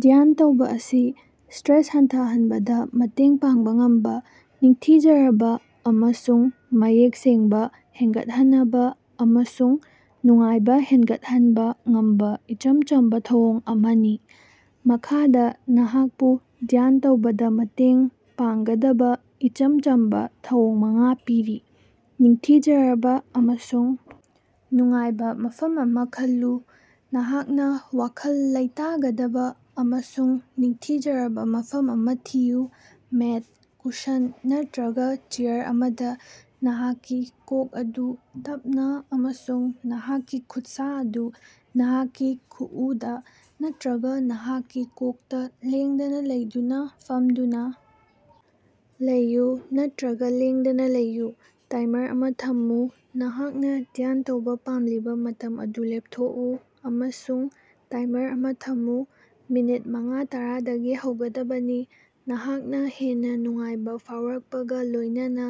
ꯙ꯭ꯌꯥꯟꯇꯧꯕ ꯑꯁꯤ ꯁꯇ꯭ꯔꯦꯁ ꯍꯟꯊꯍꯟꯕꯗꯥ ꯃꯇꯦꯡ ꯄꯥꯡꯕꯥ ꯉꯝꯕꯥ, ꯅꯤꯡꯊꯤꯖꯔꯕꯥ ꯑꯃꯁꯨꯡ ꯃꯌꯦꯛ ꯁꯦꯡꯕꯥ ꯍꯦꯟꯒꯠꯍꯅꯕꯥ ꯑꯃꯁꯨꯡ ꯅꯨꯡꯉꯥꯏꯕꯥ ꯍꯦꯅꯒꯠꯍꯟꯕꯥ ꯉꯝꯕꯥ ꯏꯆꯝ ꯆꯝꯕꯥ ꯊꯧꯑꯣꯡ ꯑꯃꯅꯤ꯫ ꯃꯈꯥꯗꯥ ꯅꯍꯥꯛꯄꯨ ꯙ꯭ꯌꯥꯟ ꯇꯧꯕꯗꯥ ꯃꯇꯦꯡ ꯄꯥꯡꯒꯗꯕꯥ ꯏꯆꯝ ꯆꯝꯕꯥ ꯈꯣꯡꯊꯥꯡ ꯃꯉꯥ ꯄꯤꯔꯤ: ꯅꯤꯡꯊꯤꯖꯔꯕꯥ ꯑꯃꯁꯨꯡ ꯅꯨꯡꯉꯥꯏꯕꯥ ꯃꯐꯝ ꯑꯃꯥ ꯈꯜꯂꯨ: ꯅꯍꯥꯛꯅꯥ ꯋꯥꯈꯜ ꯂꯩꯇꯒꯗꯕꯥ ꯑꯃꯁꯨꯡ ꯅꯤꯡꯊꯤꯖꯔꯕꯥ ꯃꯐꯝ ꯑꯃꯥ ꯊꯤꯌꯨ꯫ ꯃꯦꯠ, ꯀꯨꯁꯟ ꯅꯠꯇ꯭ꯔꯒꯥ ꯆꯦꯌꯥꯔ ꯑꯃꯗꯥ, ꯅꯍꯥꯛꯀꯤ ꯀꯣꯛ ꯑꯗꯨ ꯇꯞꯅꯥ ꯑꯃꯁꯨꯡ ꯅꯍꯥꯛꯀꯤ ꯈꯨꯠꯁꯥ ꯑꯗꯨ ꯅꯍꯥꯛꯀꯤ ꯈꯨꯑꯨꯗꯥ ꯅꯠꯇ꯭ꯔꯒꯥ ꯅꯍꯥꯛꯀꯤ ꯀꯣꯛꯇꯥ ꯂꯦꯡꯗꯅꯥ ꯂꯩꯗꯨꯅꯥ ꯐꯝꯗꯨꯅꯥ ꯂꯩꯌꯨ ꯅꯠꯇ꯭ꯔꯒꯥ ꯂꯦꯡꯗꯅꯥ ꯂꯩꯌꯨ꯫ ꯇꯥꯏꯃꯔ ꯑꯃꯥ ꯊꯝꯃꯨ: ꯅꯍꯥꯛꯅꯥ ꯙ꯭ꯌꯥꯟ ꯇꯧꯕꯥ ꯄꯥꯝꯂꯤꯕꯥ ꯃꯇꯝ ꯑꯗꯨ ꯂꯦꯄꯊꯣꯀꯑꯨ ꯑꯃꯁꯨꯡ ꯇꯥꯏꯃꯔ ꯑꯃꯥ ꯊꯝꯃꯨ꯫ ꯃꯤꯅꯠ ꯃꯉꯥ-ꯇꯔꯗꯒꯤ ꯍꯧꯒꯗꯕꯅꯤ, ꯅꯍꯥꯛꯅꯥ ꯍꯦꯟꯅꯥ ꯅꯨꯡꯉꯥꯏꯕꯥ ꯐꯥꯎꯔꯛꯄꯒꯥ ꯂꯣꯏꯅꯅꯥ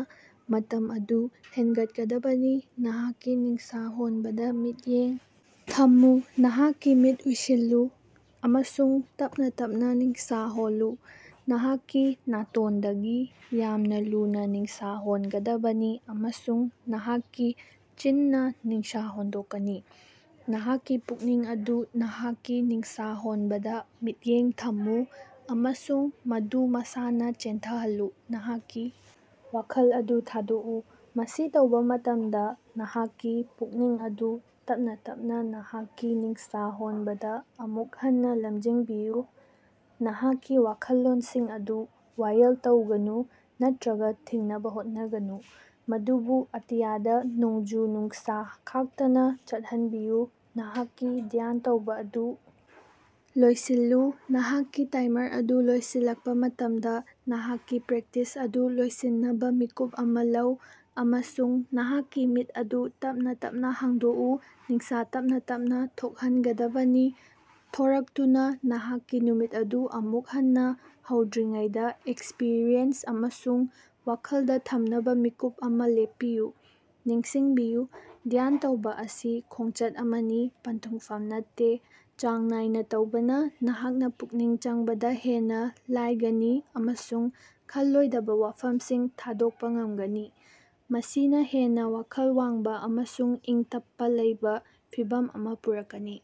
ꯃꯇꯝ ꯑꯗꯨ ꯍꯦꯟꯒꯠꯍꯟꯒꯗꯕꯅꯤ꯫ ꯅꯍꯥꯛꯀꯤ ꯅꯤꯡꯁ ꯍꯣꯟꯕꯗꯥ ꯃꯤꯠꯌꯦꯡ ꯊꯝꯃꯨ: ꯅꯍꯥꯛꯀꯤ ꯃꯤꯠ ꯑꯨꯢꯁꯤꯜꯂꯨ ꯑꯃꯁꯨꯡ ꯇꯞꯅꯥ ꯇꯞꯅꯥ ꯅꯤꯡꯁ ꯍꯣꯜꯂꯨ꯫ ꯅꯍꯥꯛꯀꯤ ꯅꯥꯇꯣꯟꯗꯒꯤ ꯌꯥꯝꯅꯥ ꯂꯨꯅꯥ ꯅꯤꯡꯁ ꯍꯣꯟꯒꯗꯕꯅꯤ ꯑꯃꯁꯨꯡ ꯅꯍꯥꯛꯀꯤ ꯆꯤꯟꯅ ꯅꯤꯡꯁ ꯍꯣꯟꯗꯣꯛꯀꯅꯤ꯫ ꯅꯍꯥꯛꯀꯤ ꯄꯨꯛꯅꯤꯡ ꯑꯗꯨ ꯅꯍꯥꯛꯀꯤ ꯅꯤꯡꯁ ꯍꯣꯟꯕꯗꯥ ꯃꯤꯠꯌꯦꯡ ꯊꯝꯃꯨ, ꯑꯃꯁꯨꯡ ꯃꯗꯨ ꯃꯁꯥꯅꯥ ꯆꯦꯟꯊꯍꯜꯂꯨ꯫ ꯅꯍꯥꯛꯀꯤ ꯋꯥꯈꯜ ꯑꯗꯨ ꯊꯥꯗꯣꯛꯑꯨ꯫ ꯃꯁꯤ ꯇꯧꯕ ꯃꯇꯃꯗꯥ, ꯅꯍꯥꯛꯀꯤ ꯄꯨꯛꯅꯤꯡ ꯑꯗꯨ ꯇꯞꯅꯥ ꯇꯞꯅꯥ ꯅꯍꯥꯛꯀꯤ ꯅꯤꯡꯁ ꯍꯣꯟꯕꯗꯥ ꯑꯃꯨꯛ ꯍꯟꯅꯥ ꯂꯝꯖꯤꯡꯕꯤꯌꯨ꯫ ꯅꯍꯥꯛꯀꯤ ꯋꯥꯈꯜꯂꯣꯟꯁꯤꯡ ꯑꯗꯨ ꯋꯥꯌꯦꯜ ꯇꯧꯒꯅꯨ ꯅꯠꯇ꯭ꯔꯒꯥ ꯊꯤꯡꯅꯕꯥ ꯍꯣꯠꯅꯒꯅꯨ, ꯃꯗꯨꯕꯨ ꯑꯇꯤꯌꯥꯗꯥ ꯅꯣꯡꯖꯨ-ꯅꯨꯡꯁꯥ ꯈꯥꯛꯇꯅꯥ ꯆꯠꯍꯅꯕꯤꯌꯨ꯫ ꯅꯍꯥꯛꯀꯤ ꯙ꯭ꯌꯥꯟꯇꯧꯕ ꯑꯗꯨ ꯂꯣꯌꯁꯤꯜꯂꯨ: ꯅꯍꯥꯛꯀꯤ ꯇꯥꯏꯃꯔ ꯑꯗꯨ ꯂꯣꯏꯁꯤꯜꯂꯛꯄꯥ ꯃꯇꯝꯗꯥ, ꯅꯍꯥꯛꯀꯤ ꯄ꯭ꯔꯦꯛꯇꯤꯁ ꯑꯗꯨ ꯂꯣꯏꯁꯤꯟꯅꯕꯥ ꯃꯤꯀꯨꯞ ꯑꯃꯥ ꯂꯧ ꯑꯃꯁꯨꯡ ꯅꯍꯥꯛꯀꯤ ꯃꯤꯠ ꯑꯗꯨ ꯇꯞꯅꯥ ꯇꯞꯅꯥ ꯍꯥꯡꯗꯣꯀꯎ꯫ ꯅꯤꯡꯁ ꯇꯞꯅꯥ ꯇꯞꯅꯥ ꯊꯣꯀꯍꯅꯒꯗꯕꯅꯤ꯫ ꯊꯣꯔꯛꯇꯨꯅꯥ ꯅꯍꯥꯛꯀꯤ ꯅꯨꯃꯤꯠ ꯑꯗꯨ ꯑꯃꯨꯛ ꯍꯟꯅꯥ ꯍꯧꯗ꯭ꯔꯤꯉꯩꯗꯥ ꯑꯦꯛꯁꯄ꯭ꯔꯤꯌꯦꯟꯁ ꯑꯗꯨ ꯋꯥꯈꯂꯗꯥ ꯊꯝꯅꯕꯥ ꯃꯤꯀꯨꯞ ꯑꯃꯥ ꯂꯦꯞꯄꯤꯌꯨ꯫ ꯅꯤꯡꯁꯤꯡꯕꯤꯌꯨ, ꯙ꯭ꯌꯥꯟꯇꯧꯕ ꯑꯁꯤ ꯈꯣꯉꯆꯠ ꯑꯃꯅꯤ, ꯄꯟꯊꯨꯡꯐꯝ ꯅꯠꯇꯦ꯫ ꯆꯥꯡ ꯅꯥꯏꯅꯥ ꯇꯧꯕꯅꯥ, ꯅꯍꯥꯛꯅꯥ ꯄꯨꯛꯅꯤꯡ ꯆꯪꯕꯗꯥ ꯍꯦꯟꯅꯥ ꯂꯥꯌꯒꯅꯤ ꯑꯃꯁꯨꯡ ꯈꯜꯂꯣꯏꯗꯕ ꯋꯥꯐꯝꯁꯤꯡ ꯊꯥꯗꯣꯛꯄꯥ ꯉꯝꯒꯅꯤ, ꯃꯁꯤꯅꯥ ꯍꯦꯟꯅꯥ ꯋꯥꯈꯜ ꯋꯥꯡꯕꯥ ꯑꯃꯁꯨꯡ ꯏꯤꯡꯇꯞꯄꯅ ꯂꯩꯕ ꯐꯤꯚꯝ ꯑꯃꯥ ꯄꯨꯔꯛꯀꯅꯤ꯫।